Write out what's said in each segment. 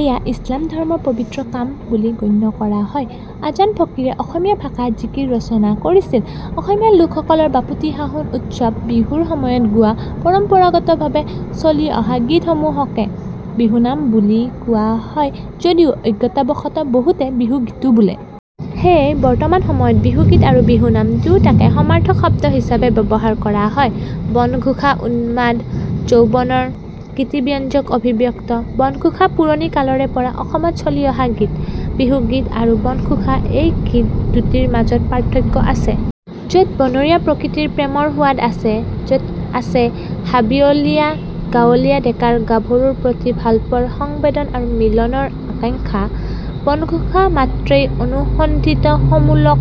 এয়া ইছলাম ধৰ্ম ৰ পবিত্ৰ কাম বুলি গণ্য কৰা হয়। আজান ফকীৰে অসমীয়া ভাষা ত জিকিৰ ৰচনা কৰিছিল। অসমীয়া লোকসকলৰ বাপতিসাহোন উৎসৱ বিহুৰ সময়ত গোৱা পৰম্পৰাগতভাৱে চলি অহা গীতসমূহকে বিহুনাম বুলি কোৱা হয় যদিও অজ্ঞতাবশতঃ বহুতে বিহুগীতো বোলে। সেয়ে, বৰ্তমান সময়ত বিহুগীত আৰু বিহুনাম দুয়োটাকে সমাৰ্থক শব্দ হিচাপে ব্যৱহাৰ কৰা হয়। বনঘোষা উন্মাদ যৌৱনৰ গীতিব্যঞ্জক অভিব্যক্তি। বনঘোষা পুৰণি কালৰে পৰা অসমত চলি অহা গীত। বিহুগীত আৰু বনঘোষা এই গীত দুটিৰ মাজত পাৰ্থক্য আছে। য'ত বনৰীয়া প্ৰকৃতিৰ প্ৰেমৰ সোৱাদ আছে; যত আছে হাবিয়লীয়া গাঁৱলীয়া ডেকাৰ গাভৰুৰ প্ৰতি ভালপোৱাৰ সংবেদন আৰু মিলনৰ আকাংক্ষা। বনঘোষা মাত্ৰেই অনুসন্ধিৎসুমুলক;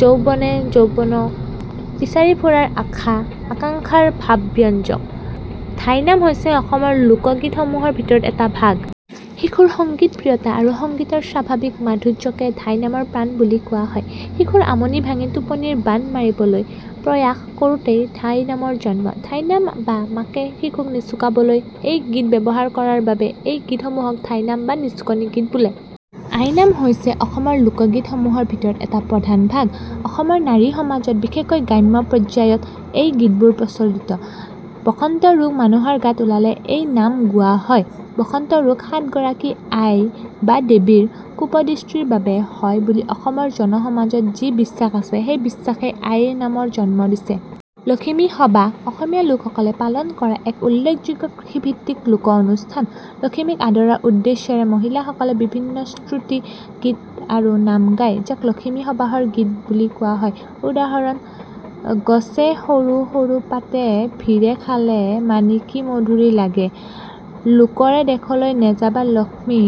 যৌৱনে যৌৱনক বিচাৰি ফুৰাৰ আশা আকাংক্ষাৰ ভাবব্যঞ্জক। ধাইনাম হৈছে অসমৰ লোকগীতসমূহৰ ভিতৰত এটা ভাগ। শিশুৰ সংগীতপ্ৰিয়তা আৰু সংগীতৰ স্বাভাৱিক মাধুৰ্যকে ধাইনামৰ প্ৰাণ বুলি কোৱা হয়। শিশুৰ আমনি ভাঙি টোপনিৰ বাণ মাৰিবলৈ প্ৰয়াস কৰোঁতেই ধাইনামৰ জন্ম। ধাইনাম বা মাকে শিশুক নিচুকাবলৈ এই গীত ব্যৱহাৰ কৰাৰ বাবে এই গীতসমূহক ধাইনাম বা নিচুকনি গীত বোলে। আইনাম হৈছে অসমৰ লোকগীত সমূহৰ ভিতৰত এটা প্ৰধান ভাগ। অসমৰ নাৰী সমাজত বিশেষকৈ গ্ৰাম্য পৰ্যায়ত এই গীতবোৰ প্ৰচলিত। বসন্ত ৰোগ মানুহৰ গাত ওলালে এই নাম গোৱা হয়। বসন্ত ৰোগ 'সাত গৰাকী আই বা দেৱীৰ' কোপদৃষ্টিৰ বাবে হয় বুলি অসমৰ জনসমাজত যি বিশ্বাস আছে, সেই বিশ্বাসেই আইনামৰ জন্ম দিছে। লখিমী সবাহ অসমীয়া লোকসকলে পালন কৰা এক উল্লেখযোগ্য কৃষিভিত্তিক লোক-অনুষ্ঠান। লখিমীক আদৰাৰ উদ্দেশ্যেৰে মহিলাসকলে বিভিন্ন স্তুতি গীত আৰু নাম গায়, যাক লখিমী সবাহৰ গীত বুলি কোৱা হয়। উদাহৰণ: গছে সৰু সৰু পাতে ভিৰে খালে মাণিকীমধুৰী লাগে; লোকৰে দেশলৈ নেযাবা লক্ষ্মী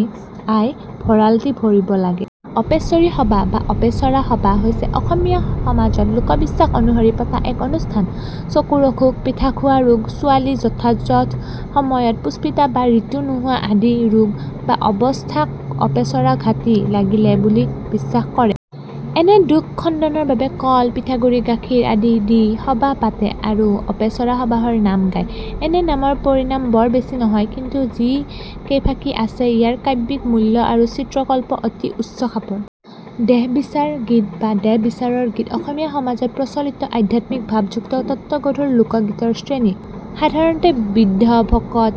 আই ভঁৰালটি ভৰিব লাগে। অপেশ্বৰী সবাহ বা অপেচৰা সবাহ হৈছে অসমীয়া সমাজত লোকবিশ্বাস অনুসৰি পতা এক অনুষ্ঠান। চকুৰ অসুখ, পিঠাখোৱা ৰোগ, ছোৱালী যথাযথ সময়ত পুষ্পিতা বা ঋতু নোহোৱা আদি ৰোগ বা অৱস্থাক অপেচৰা ঘাটি লাগিলে বুলি বিশ্বাস কৰে। এনে দোষ খণ্ডনৰ বাবে কল, পিঠাগুৰি, গাখীৰ আদি দি সবাহ পাতে আৰু অপেচৰা সবাহৰ নাম গায়। এনে নামৰ পৰিমাণ বৰ বেছি নহয়; কিন্তু যি কেইফাকি আছে ইয়াৰ কাব্যিক মূল্য আৰু চিত্ৰ-কল্প অতি উচ্চ খাপৰ। দেহ বিচাৰ গীত বা দেহবিচাৰৰ গীত অসমীয়া সমাজত প্ৰচলিত আধ্যাত্মিক ভাবযুক্ত তত্ত্বগধুৰ লোকগীতৰ শ্ৰেণী। সাধাৰণতে বৃদ্ধ, ভকত,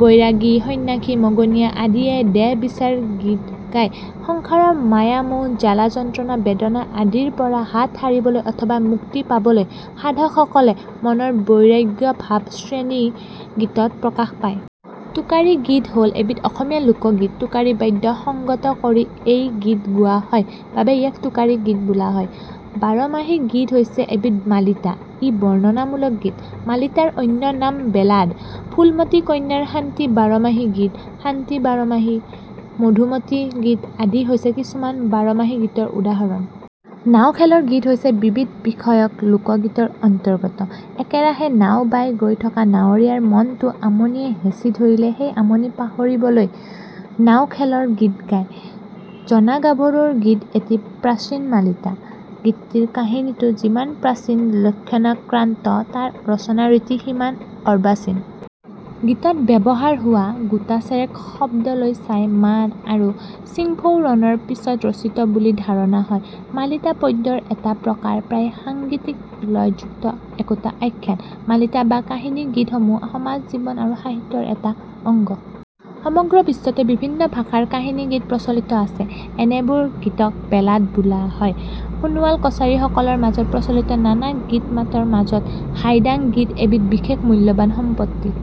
বৈৰাগী, সন্ন্যাসী, মগনীয়া আদিয়ে দেহ বিচাৰ গীত গায়। সংসাৰৰ মায়া-মোহ, জ্বালা-যন্ত্ৰণা, বেদনা আদিৰ পৰা হাত সাৰিবলৈ অথবা মুক্তি পাবলৈ সাধকসকলে মনৰ বৈৰাগ্য ভাব শ্ৰেণী গীতত প্ৰকাশ পায়। টোকাৰী গীত হ'ল এবিধ অসমীয়া লোকগীত। টোকাৰী বাদ্য সংগত কৰি এই গীত গোৱা হয় বাবে ইয়াক টোকাৰী গীত বোলা হয়। বাৰমাহী গীত হৈছে এবিধ মালিতা। ই বৰ্ণনামূলক গীত। মালিতাৰ অন্য নাম বেলাড। 'ফুলমতী কন্যাৰ শান্তি বাৰমাহী গীত', 'শান্তি বাৰমাহী', 'মধুমতী গীত' আদি হৈছে কিছুমান বাৰমাহী গীতৰ উদাহৰণ। নাও খেলৰ গীত হৈছে বিবিধ বিষয়ক লোকগীতৰ অন্তৰ্গত। একেৰাহে নাও বাই গৈ থকা নাৱৰীয়াৰ মনটো আমনিয়ে হেঁচি ধৰিলে সেই আমনি পাহৰিবলৈ নাও খেলৰ গীত গায়। জনা গাভৰুৰ গীত এটি প্ৰাচীন মালিতা। গীতটিৰ কাহিনীটো যিমান প্ৰাচীন লক্ষণাক্ৰান্ত, তাৰ ৰচনা-ৰীতি সিমান অৰ্বাচীন। গীতত ব্যৱহাৰ হোৱা গোটাচেৰেক শব্দলৈ চাই মান আৰু চিংফৌ ৰণৰ পিছত ৰচিত বুলি ধাৰণা হয়। মালিতা পদ্যৰ এটা প্ৰকাৰ, প্ৰায়ে সাংগীতিক লয়যুক্ত একোটা আখ্যান। মালিতা বা কাহিনী-গীতসমূহ সমাজ জীৱন আৰু সাহিত্যৰ এটা অঙ্গ। সমগ্ৰ বিশ্বতে বিভিন্ন ভাষাৰ কাহিনী-গীত প্ৰচলিত আছে। এনেবোৰ গীতক বেলাড বোলা হয়। সোণোৱাল কছাৰী সকলৰ মাজত প্ৰচলিত নানা গীত-মাতৰ মাজত হাইদাং গীত এবিধ বিশেষ মূল্যবান সম্পত্তি।